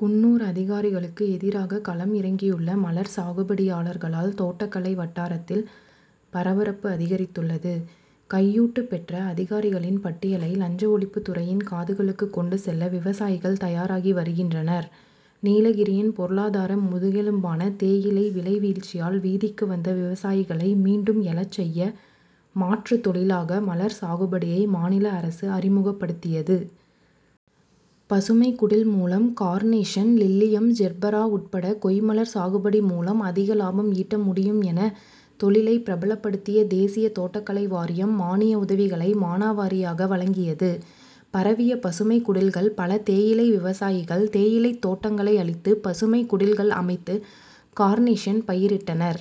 குன்னூர் அதிகாரிகளுக்கு எதிராக களம் இறங்கியுள்ள மலர் சாகுபடியாளர்களால் தோட்டக்கலை வட்டாரத்தில் பரபரப்பு அதிகரித்துள்ளது கையூட்டு பெற்ற அதிகாரிகளின் பட்டியலை லஞ்ச ஒழிப்பு துறையின் காதுகளுக்கு கொண்டு செல்ல விவசாயிகள் தயாராகி வருகின்றனர். நீலகிரியின் பொருளாதார முதுகெலும்பான தேயிலை விலை வீழ்ச்சியால், வீதிக்கு வந்த விவசாயிகளை மீண்டு எழச் செய்ய, மாற்று தொழிலாக மலர் சாகுபடியை மாநில அரசு அறிமுகப்படுத்தியது. பசுமைக் குடில் மூலம் கார்னேஷன், லில்லியம், ஜெர்பரா உட்பட கொய்மலர் சாகுபடி மூலம் அதிக லாபம் ஈட்ட முடியும் என, தொழிலை பிரபலப்படுத்திய தேசிய தோட்டக்கலை வாரியம், மானிய உதவிகளை மானாவாரியாக வழங்கியது. பரவிய பசுமைக் குடில்கள் பல தேயிலை விவசாயிகள், தேயிலைத் தோட்டங்களை அழித்து பசுமைக் குடில்கள் அமைத்து, கார்னேஷன் பயிரிட்டனர்.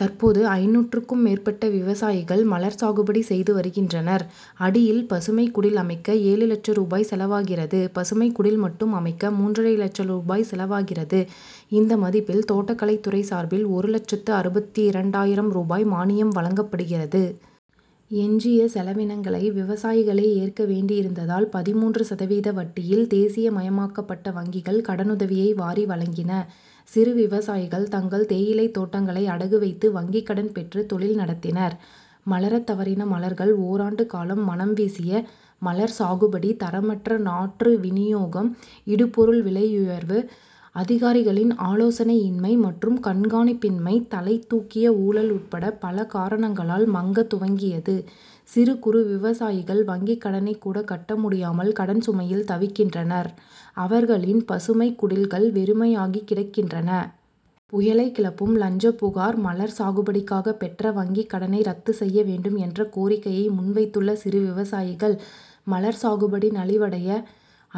தற்போது, ஐந்நூறுக்கும் மேற்பட்ட விவசாயிகள் மலர் சாகுபடி செய்து வருகின்றனர். அடியில் பசுமைக் குடில் அமைக்க ஏழு லட்ச ரூபாய் செலவாகிறது. பசுமைக் குடில் மட்டும் அமைக்க மூன்றரை லட்ச ரூபாய் செலவாகிறது இந்த மதிப்பில், தோட்டக்கலைத் துறை சார்பில் ஒரு லட்சத்து அறுபத்திரண்டாயிரம் ரூபாய் மானியம் வழங்கப்படுகிறது. எஞ்சிய செலவினங்களை விவசாயிகளே ஏற்க வேண்டியிருந்ததால், பதிமூன்று சதவீத வட்டியில், தேசிய மயமாக்கப்பட்ட வங்கிகள் கடனுதவியை வாரி வழங்கின. சிறு விவசாயிகள், தங்கள் தேயிலைத் தோட்டங்களை அடகு வைத்து வங்கிக் கடன் பெற்று தொழில் நடத்தினர். மலரத் தவறின மலர்கள் ஓராண்டு காலம் மணம் வீசிய மலர் சாகுபடி, தரமற்ற நாற்று வினியோகம், இடுபொருள் விலையுயர்வு, அதிகாரிகளின் ஆலோசனை இன்மை மற்றும் கண்காணிப்பின்மை, தலை தூக்கிய ஊழல் உட்பட பல காரணங்களால் மங்க துவங்கியது சிறு, குறு விவசாயிகள் வங்கி கடனை கூட கட்ட முடியாமல், கடன் சுமையில் தவிக்கின்றனர் அவர்களின் பசுமைக் குடில்கள் வெறுமையாகி கிடக்கின்றன. புயலை கிளப்பும் லஞ்சப் புகார் மலர் சாகுபடிக்காக பெற்ற வங்கி கடனை ரத்து செய்ய வேண்டும் என்ற கோரிக்கையை முன்வைத்துள்ள சிறு விவசாயிகள், மலர் சாகுபடி நலிவடைய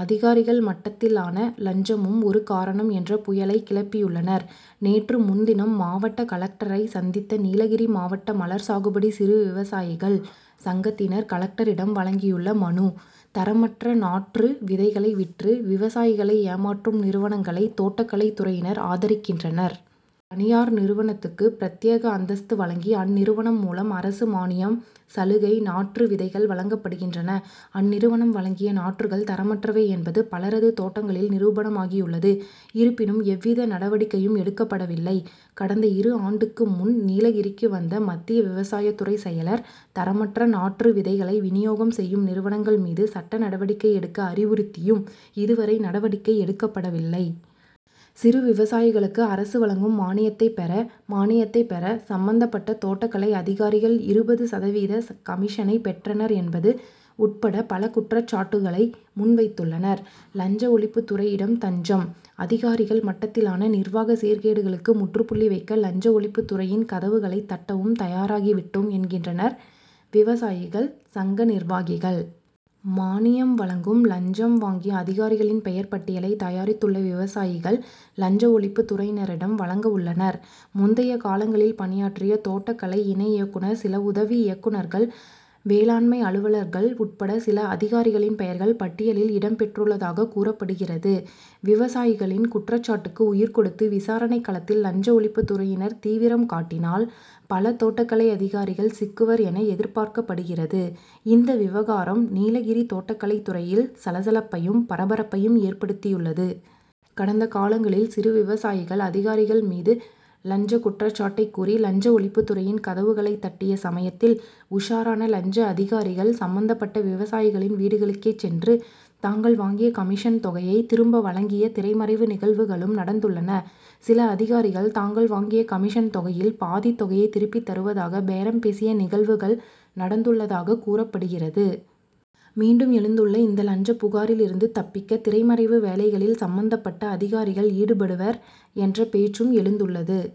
அதிகாரிகள் மட்டத்திலான லஞ்சமும் ஒரு காரணம் என்ற புயலை கிளப்பியுள்ளனர். நேற்று முன்தினம் மாவட்ட கலெக்டரை சந்தித்த நீலகிரி மாவட்ட மலர் சாகுபடி சிறு விவசாயிகள் சங்கத்தினர் கலெக்டரிடம் வழங்கியுள்ள மனு; தரமற்ற நாற்று, விதைகளை விற்று, விவசாயிகளை ஏமாற்றும் நிறுவனங்களை தோட்டக்கலை துறையினர் ஆதரிக்கின்றனர். ஒரு தனியார் நிறுவனத்துக்கு பிரத்யேக அந்தஸ்து வழங்கி, அந்நிறுவனம் மூலம் அரசு மானியம், சலுகை, நாற்று, விதைகள் வழங்கப்படுகின்றன. அந்நிறுவனம் வழங்கிய நாற்றுகள் தரமற்றவை என்பது பலரது தோட்டங்களில் நிரூபணமாகியுள்ளது இருப்பினும், எவ்வித நடவடிக்கையும் எடுக்கப்படவில்லை. கடந்த இரு ஆண்டுக்கு முன் நீலகிரிக்கு வந்த மத்திய விவசாயத் துறை செயலர், தரமற்ற நாற்று, விதைகளை வினியோகம் செய்யும் நிறுவனங்கள் மீது சட்ட நடவடிக்கை எடுக்க அறிவுறுத்தியும், இதுவரை நடவடிக்கை எடுக்கப்படவில்லை. சிறு விவசாயிகளுக்கு அரசு வழங்கும் மானியத்தை பெற, மானியத்தை பெற சம்மந்தப்பட்ட தோட்டக்கலை அதிகாரிகள் இருபது சதவீத கமிஷனை பெற்றனர் என்பது உட்பட பல குற்றச்சாட்டுகளை முன்வைத்துள்ளனர். லஞ்ச ஒழிப்பு துறையிடம் தஞ்சம்: அதிகாரிகள் மட்டத்திலான நிர்வாக சீர்கேடுகளுக்கு முற்றுப்புள்ளி வைக்க லஞ்ச ஒழிப்புத் துறையின் கதவுகளை தட்டவும் தயாராகிவிட்டோம், என்கின்றனர் விவசாயிகள் சங்க நிர்வாகிகள். மானியம் வழங்க லஞ்சம் வாங்கிய அதிகாரிகளின் பெயர் பட்டியலை தயாரித்துள்ள விவசாயிகள், லஞ்ச ஒழிப்புத் துறையினரிடம் வழங்கவுள்ளனர். முந்தைய காலங்களில் பணியாற்றிய தோட்டகலை இணை இயக்குனர், சில உதவி இயக்குனர்கள், வேளாண்மை அலுவலர்கள் உட்பட சில அதிகாரிகளின் பெயர்கள் பட்டியலில் இடம் பெற்றுள்ளதாக கூறப்படுகிறது. விவசாயிகளின் குற்றச்சாட்டுக்கு உயிர் கொடுத்து, விசாரணை களத்தில் லஞ்ச ஒழிப்புத் துறையினர் தீவிரம் காட்டினால், பல தோட்டக் கலை அதிகாரிகள் சிக்குவர் என எதிர்பார்க்கப்படுகிறது இந்த விவகாரம் நீலகிரி தோட்டக்கலை துறையில் சலசலப்பையும், பரபரப்பையும் ஏற்படுத்தியுள்ளது. கடந்த காலங்களில், சிறு விவசாயிகள், அதிகாரிகள் மீது லஞ்ச குற்றச்சாட்டை கூறி, லஞ்ச ஒழிப்பு துறையின் கதவுகளை தட்டிய சமயத்தில், உஷாரான லஞ்ச அதிகாரிகள், சம்மந்தப்பட்ட விவசாயிகளின் வீடுகளுக்கே சென்று, தாங்கள் வாங்கிய கமிஷன் தொகையை திரும்ப வழங்கிய திரைமறைவு நிகழ்வுகளும் நடந்துள்ளன. சில அதிகாரிகள் தாங்கள் வாங்கிய கமிஷன் தொகையில் பாதி தொகையை திருப்பி தருவதாக பேரம் பேசிய நிகழ்வுகள் நடந்துள்ளதாக கூறப்படுகிறது. மீண்டும் எழுந்துள்ள இந்த லஞ்சப் புகாரில் இருந்து தப்பிக்க திரைமறைவு வேலைகளில் சம்மந்தப்பட்ட அதிகாரிகள் ஈடுபடுவர் என்ற பேச்சும் எழுந்துள்ளது.